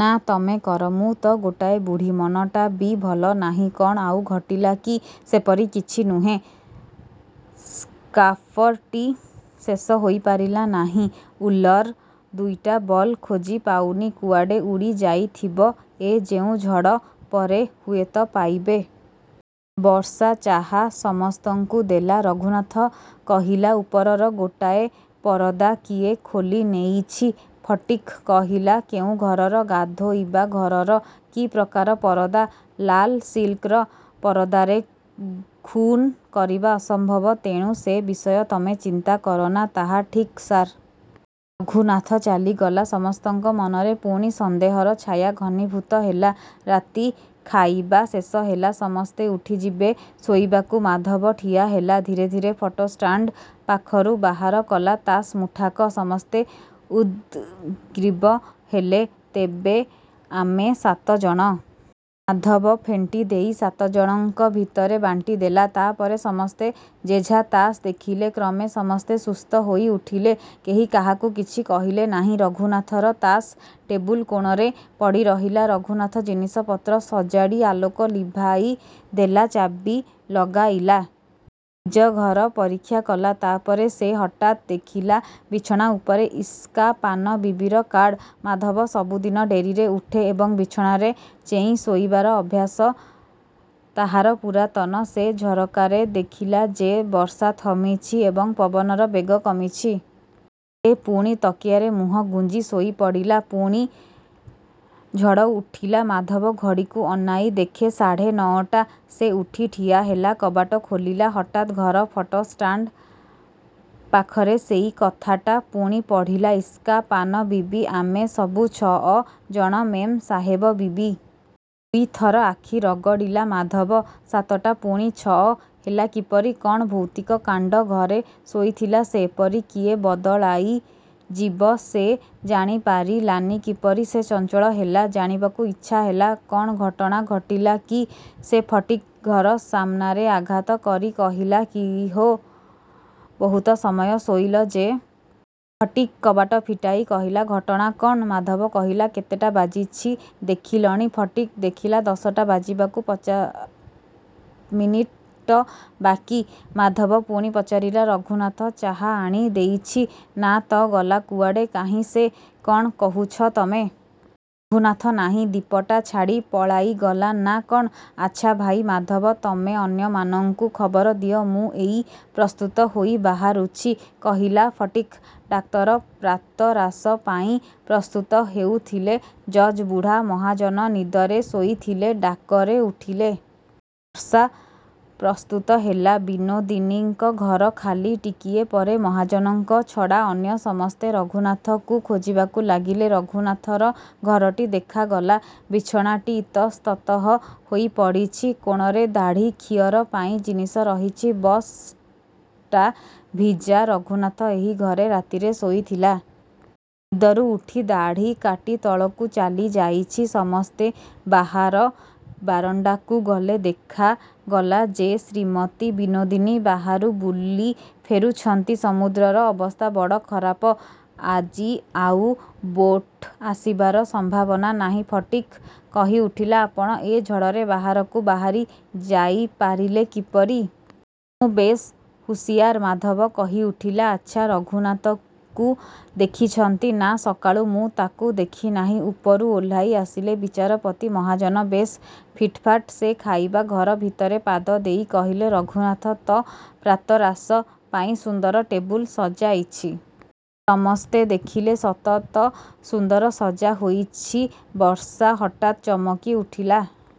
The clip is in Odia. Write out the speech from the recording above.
ନା, ତମେ କର। ମୁଁ ତ ଗୋଟାଏ ବୁଢ଼ୀ। ମନଟା ବି ଭଲ ନାହିଁ। କ'ଣ ଆଉ ଘଟିଲା କି? ସେପରି କିଛି ନୁହେଁ। ସ୍କାର୍ଫଟି ଶେଷ ହୋଇପାରିଲା ନାହିଁ। ଉଲର ଦୁଇଟା ବଲ ଖୋଜି ପାଉନି। କୁଆଡ଼େ ଉଡ଼ିଯାଇଥିବ ଏ ଯେଉଁ ଝଡ଼, ପରେ ହୁଏତ ପାଇବେ। ବର୍ଷା ଚାହା ସମସ୍ତଙ୍କୁ ଦେଲା। ରଘୁନାଥ କହିଲା, ଉପରର ଗୋଟାଏ ପରଦା କିଏ ଖୋଲିନେଇଛି। ଫଟିକ୍ କହିଲା, କେଉଁ ଘରର? ଗାଧୋଇବା ଘରର। କି ପ୍ରକାର ପରଦା? ଲାଲ ସିଲ୍କର। ପରଦାରେ ଖୁନ୍ କରିବା ଅସମ୍ଭବ, ତେଣୁ ସେ ବିଷୟ ତମେ ଚିନ୍ତା କରନା। ତାହା ଠିକ୍, ସାର୍! ରଘୁନାଥ ଚାଲିଗଲା। ସମସ୍ତଙ୍କ ମନରେ ପୁଣି ସନ୍ଦେହର ଛାୟା ଘନୀଭୂତ ହେଲା। ରାତି ଖାଇବା ଶେଷ ହେଲା। ସମସ୍ତେ ଉଠିଯିବେ ଶୋଇବାକୁ। ମାଧବ ଠିଆହେଲା। ଧୀରେ ଧୀରେ ଫଟୋ ଷ୍ଟାଣ୍ଡ ପାଖରୁ ବାହାର କଲା ତାସ୍ ମୁଠାକ। ସମସ୍ତେ ଉଦ୍ଗ୍ରୀବ ହେଲେ। ତେବେ ଆମେ ସାତ ଜଣ? ମାଧବ ଫେଣ୍ଟିଦେଇ ସାତ ଜଣଙ୍କ ଭିତରେ ବାଣ୍ଟିଦେଲା। ତା ପରେ ସମସ୍ତେ ଯେଝା ତାସ୍ ଦେଖିଲେ। କ୍ରମେ ସମସ୍ତେ ସୁସ୍ଥ ହୋଇଉଠିଲେ। କେହି କାହାକୁ କିଛି କହିଲେ ନାହିଁ। ରଘୁନାଥର ତାସ୍ ଟେବୁଲ କୋଣରେ ପଡ଼ିରହିଲା। ରଘୁନାଥ ଜିନିଷପତ୍ର ସଜାଡ଼ି ଆଲୋକ ଲିଭାଇଦେଲା। ଚାବି ଲଗାଇଲା। ନିଜ ଘର ପରୀକ୍ଷା କଲା। ତା ପରେ ସେ ହଠାତ୍ ଦେଖିଲା ବିଛଣା ଉପରେ ଇସ୍କାପାନ ବିବିର କାର୍ଡ଼! ମାଧବ ସବୁଦିନ ଡେରିରେ ଉଠେ ଏବଂ ବିଛଣାରେ ଚେଇଁ ଶୋଇବାର ଅଭ୍ୟାସ ତାହାର ପୁରାତନ। ସେ ଝରକାରେ ଦେଖିଲା ଯେ ବର୍ଷା ଥମିଛି ଏବଂ ପବନର ବେଗ କମିଛି। ସେ ପୁଣି ତକିଆରେ ମୁହଁ ଗୁଞ୍ଜି ଶୋଇପଡ଼ିଲା। ପୁଣି ଝଡ଼ ଉଠିଲା। ମାଧବ ଘଡ଼ିକୁ ଅନାଇ ଦେଖେ ସାଢ଼େ ନଅଟା। ସେ ଉଠି ଠିଆହେଲା। କବାଟ ଖୋଲିଲା। ହଠାତ୍ ଘର ଫଟୋ ଷ୍ଟାଣ୍ଡ ପାଖରେ ସେଇ କଥାଟା ପୁଣି ପଢ଼ିଲା, ଇସ୍କାପାନ ବିବି, ଆମେ ସବୁ ଛଅ ଜଣ ମେମ୍ ସାହେବ ବିବି। ଦୁଇ ଥର ଆଖି ରଗଡ଼ିଲା ମାଧବ। ସାତଟା ପୁଣି ଛଅ ହେଲା କିପରି! କ'ଣ ଭୌତିକ କାଣ୍ଡ! ଘରେ ଶୋଇଥିଲା ସେ। ଏପରି କିଏ ବଦଳାଇଯିବ, ସେ ଜାଣିପାରିଲାନି କିପରି? ସେ ଚଞ୍ଚଳ ହେଲା। ଜାଣିବାକୁ ଇଚ୍ଛା ହେଲା, କ'ଣ ଘଟଣା ଘଟିଲା କି? ସେ ଫଟିକ୍ ଘର ସାମ୍ନାରେ ଆଘାତ କରି କହିଲା, କିହୋ, ବହୁତ ସମୟ ଶୋଇଲ ଯେ! ଫଟିକ୍ କବାଟ ଫିଟାଇ କହିଲା, ଘଟଣା କ'ଣ? ମାଧବ କହିଲା, କେତେଟା ବାଜିଛି ଦେଖିଲଣି! ଫଟିକ୍ ଦେଖିଲା ଦଶଟା ବାଜିବାକୁ ପଚିଶ ମିନିଟ୍ ବାକି। ମାଧବ ପୁଣି ପଚାରିଲା, ରଘୁନାଥ ଚାହା ଆଣି ଦେଇଛି? ନା ତ, ଗଲା କୁଆଡ଼େ? କାହିଁ ସେ? କ'ଣ କହୁଛ ତମେ? ରଘୁନାଥ ନାହିଁ। ଦ୍ଵୀପଟା ଛାଡ଼ି ପଳାଇଗଲା ନା କ'ଣ? ଆଚ୍ଛା ଭାଇ ମାଧବ, ତମେ ଅନ୍ୟମାନଙ୍କୁ ଖବର ଦିଅ। ମୁଁ ଏଇ ପ୍ରସ୍ତୁତ ହୋଇ ବାହାରୁଛି, କହିଲା ଫଟିକ୍। ଡାକ୍ତର ପ୍ରାତରାଶ ପାଇଁ ପ୍ରସ୍ତୁତ ହେଉଥିଲେ। ଜଜ୍ ବୁଢ଼ା ମହାଜନ ନିଦରେ ଶୋଇଥିଲେ। ଡାକରେ ଉଠିଲେ। ବର୍ଷା ପ୍ରସ୍ତୁତ ହେଲା। ବିନୋଦିନୀଙ୍କ ଘର ଖାଲି। ଟିକିଏ ପରେ ମହାଜନଙ୍କ ଛଡ଼ା ଅନ୍ୟ ସମସ୍ତେ ରଘୁନାଥକୁ ଖୋଜିବାକୁ ଲାଗିଲେ। ରଘୁନାଥର ଘରଟି ଦେଖାଗଲା। ବିଛଣାଟି ଇତସ୍ତତଃ ହୋଇ ପଡ଼ିଛି। କୋଣରେ ଦାଢ଼ି ଖିଅର ପାଇଁ ଜିନିଷ ରହିଛି। ବ୍ରସ୍ ଟା ଭିଜା। ରଘୁନାଥ ଏହି ଘରେ ରାତିରେ ଶୋଇଥିଲା। ନିଦରୁ ଉଠି ଦାଢ଼ି କାଟି ତଳକୁ ଚାଲିଯାଇଛି। ସମସ୍ତେ ବାହାର ବାରଣ୍ଡାକୁ ଗଲେ। ଦେଖାଗଲା ଯେ ଶ୍ରୀମତୀ ବିନୋଦିନୀ ବାହାରୁ ବୁଲି ଫେରୁଛନ୍ତି। ସମୁଦ୍ରର ଅବସ୍ଥା ବଡ଼ ଖରାପ। ଆଜି ଆଉ ବୋଟ ଆସିବାର ସମ୍ଭାବନା ନାହିଁ। ଫଟିକ୍ କହିଉଠିଲା, ଆପଣ ଏ ଝଡ଼ରେ ବାହାରକୁ ବାହାରି ଯାଇପାରିଲେ କିପରି? ମୁଁ ବେଶ୍ ହୁସିଆର। ମାଧବ କହିଉଠିଲା, ଆଚ୍ଛା, ରଘୁନାଥକୁ ଦେଖିଛନ୍ତି? ନା, ସକାଳୁ ମୁଁ ତାକୁ ଦେଖିନାହିଁ। ଉପରୁ ଓହ୍ଲାଇ ଆସିଲେ ବିଚାରପତି ମହାଜନ। ବେଶ୍ ଫିଟଫାଟ। ସେ ଖାଇବା ଘର ଭିତରେ ପାଦ ଦେଇ କହିଲେ, ରଘୁନାଥ ତ ପ୍ରାତରାଶ ପାଇଁ ସୁନ୍ଦର ଟେବୁଲ ସଜାଇଛି। ସମସ୍ତେ ଦେଖିଲେ, ସତ ତ! ସୁନ୍ଦର ସଜା ହୋଇଛି। ବର୍ଷା ହଠାତ୍ ଚମକିଉଠିଲା।